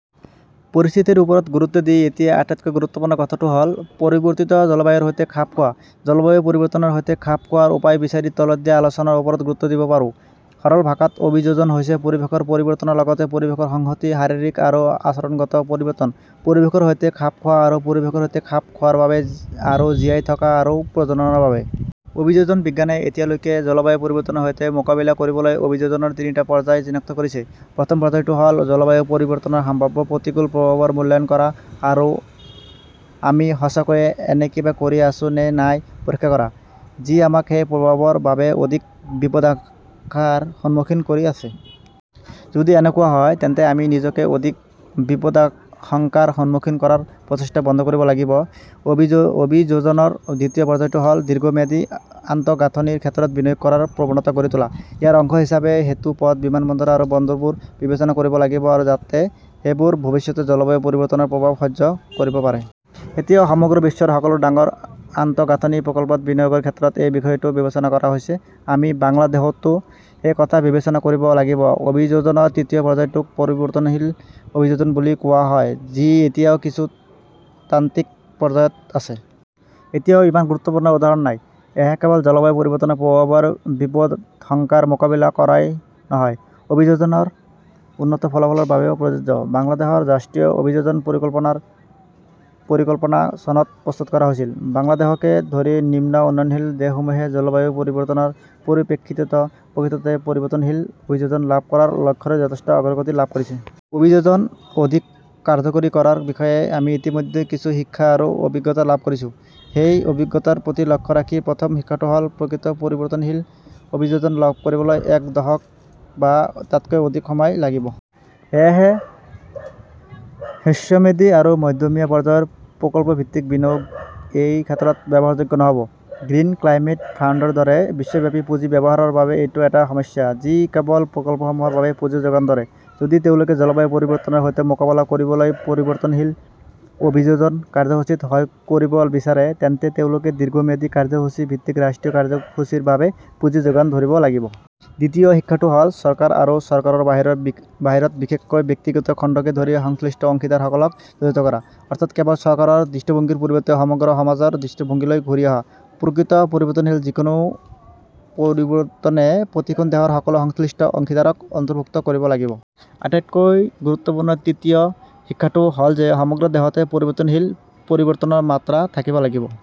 পৰিস্থিতিৰ ওপৰত গুৰুত্ব দি এতিয়া আটাইতকৈ গুৰুত্বপূৰ্ণ কথাটো হ'ল, পৰিৱৰ্তিত জলবায়ুৰ সৈতে খাপ খোৱা। জলবায়ু পৰিৱৰ্তনৰ সৈতে খাপ খোৱাৰ উপায় বিচাৰি তলত দিয়া আলোচনাৰ ওপৰত গুৰুত্ব দিব পাৰোঁ। সৰল ভাষাত, অভিযোজন হৈছে পৰিৱেশৰ পৰিৱৰ্তনৰ লগতে পৰিৱেশৰ সংহতি, শাৰীৰিক আৰু আচৰণগত পৰিৱৰ্তন, পৰিৱেশৰ সৈতে খাপ খোৱা আৰু পৰিৱেশৰ সৈতে খাপ খোৱাৰ বাবে আৰু জীয়াই থকা আৰু প্ৰজননৰ বাবে। অভিযোজন বিজ্ঞানে এতিয়ালৈকে জলবায়ু পৰিৱৰ্তনৰ সৈতে মোকাবিলা কৰিবলৈ অভিযোজনৰ তিনিটা পৰ্যায় চিনাক্ত কৰিছে। প্ৰথম পৰ্যায়টো হ'ল, জলবায়ু পৰিৱৰ্তনৰ সম্ভাৱ্য প্ৰতিকূল প্ৰভাৱৰ মূল্যায়ন কৰা আৰু আমি সঁচাকৈয়ে এনে কিবা কৰি আছোঁ নে নাই পৰীক্ষা কৰা, যি আমাক সেই প্ৰভাৱৰ বাবে অধিক বিপদাশংকাৰ সন্মুখীন কৰি আছে। যদি এনেকুৱা হয়, তেন্তে আমি নিজকে অধিক বিপদাশংকাৰ সন্মুখীন কৰাৰ প্ৰচেষ্টা বন্ধ কৰিব লাগিব। অভিযোজনৰ দ্বিতীয় পৰ্যায়টো হ'ল দীৰ্ঘম্যাদী আন্তঃগাঁথনিৰ ক্ষেত্ৰত বিনিয়োগ কৰাৰ প্ৰৱণতা গঢ়ি তোলা। ইয়াৰ অংশ হিচাপে, সেতু, পথ, বিমানবন্দৰ আৰু বন্দৰবোৰ বিবেচনা কৰিব লাগিব যাতে সেইবোৰ ভৱিষ্যতে জলবায়ু পৰিৱৰ্তনৰ প্ৰভাৱ সহ্য কৰিব পাৰে। এতিয়া সমগ্ৰ বিশ্বৰ সকলো ডাঙৰ আন্তঃগাঁথনি প্ৰকল্পত বিনিয়োগৰ ক্ষেত্ৰত এই বিষয়টো বিবেচনা কৰা হৈছে। আমি বাংলাদেশতো সেই কথা বিবেচনা কৰিব লাগিব। অভিযোজনৰ তৃতীয় পৰ্যায়টোক পৰিৱৰ্তনশীল অভিযোজন বুলি কোৱা হয়, যি এতিয়াও কিছু তাত্ত্বিক পৰ্যায়ত আছে। এতিয়াও ইমান গুৰুত্বপূৰ্ণ উদাহৰণ নাই। এয়া কেৱল জলবায়ু পৰিৱৰ্তনৰ প্ৰভাৱৰ বিপদাশংকাৰ মোকাবিলা কৰাই নহয়, অভিযোজনৰ উন্নত ফলাফলৰ বাবেও প্ৰযোজ্য। বাংলাদেশৰ ৰাষ্ট্ৰীয় অভিযোজন পৰিকল্পনাৰ পৰিকল্পনা চনত প্ৰস্তুত কৰা হৈছিল। বাংলাদেশকে ধৰি নিম্ন উন্নয়নশীল দেশসমূহে জলবায়ু পৰিৱৰ্তনৰ পৰিপ্ৰেক্ষিতত প্ৰকৃততে পৰিৱৰ্তনশীল অভিযোজন লাভ কৰাৰ লক্ষ্যৰে যথেষ্ট অগ্ৰগতি লাভ কৰিছে। অভিযোজন অধিক কাৰ্যকৰী কৰাৰ বিষয়ে আমি ইতিমধ্যে কিছু শিক্ষা আৰু অভিজ্ঞতা লাভ কৰিছো। সেই অভিজ্ঞতাৰ প্ৰতি লক্ষ্য ৰাখি প্ৰথম শিক্ষাটো হ'ল, প্ৰকৃত পৰিৱৰ্তনশীল অভিযোজন লাভ কৰিবলৈ এক দশক বা তাতকৈ অধিক সময় লাগিব। সেয়েহে, হ্ৰস্বম্যাদী আৰু মধ্যমীয়া পৰ্য্যায়ৰ প্ৰকল্পভিত্তিক বিনিয়োগ এই ক্ষেত্ৰত ব্যৱহাৰযোগ্য নহ'ব। গ্ৰীণ ক্লাইমেট ফাণ্ডৰ দৰে বিশ্বব্যাপী পুঁজি ব্যৱহাৰৰ বাবে এইটো এটা সমস্যা, যি কেৱল প্ৰকল্পসমূহৰ বাবে পুঁজি যোগান ধৰে। যদি তেওঁলোকে জলবায়ু পৰিৱৰ্তনৰ সৈতে মোকাবিলা কৰিবলৈ পৰিৱৰ্তনশীল অভিযোজন কাৰ্যসূচীত সহায় কৰিব বিচাৰে, তেন্তে তেওঁলোকে দীৰ্ঘম্যাদী কাৰ্যসূচী ভিত্তিক ৰাষ্ট্ৰীয় কাৰ্যসূচীৰ বাবে পুঁজি যোগান ধৰিব লাগিব। দ্বিতীয় শিক্ষাটো হ'ল, চৰকাৰ আৰু চৰকাৰৰ বাহিৰত বিশেষকৈ ব্যক্তিগত খণ্ডকে ধৰি সংশ্লিষ্ট অংশীদাৰসকলক জড়িত কৰা। অৰ্থাৎ, কেৱল চৰকাৰৰ দৃষ্টিভংগীৰ পৰিৱৰ্তে সমগ্ৰ সমাজৰ দৃষ্টিভংগীলৈ ঘূৰি অহা। প্ৰকৃত পৰিৱৰ্তনশীল যিকোনো পৰিৱৰ্তনে প্ৰতিখন দেশৰ সকলো সংশ্লিষ্ট অংশীদাৰক অন্তৰ্ভুক্ত কৰিব লাগিব। আটাইতকৈ গুৰুত্বপূৰ্ণ তৃতীয় শিক্ষাটো হ'ল যে, সমগ্ৰ দেশতে পৰিৱৰ্তনশীল পৰিৱৰ্তনৰ মাত্ৰা থাকিব লাগিব।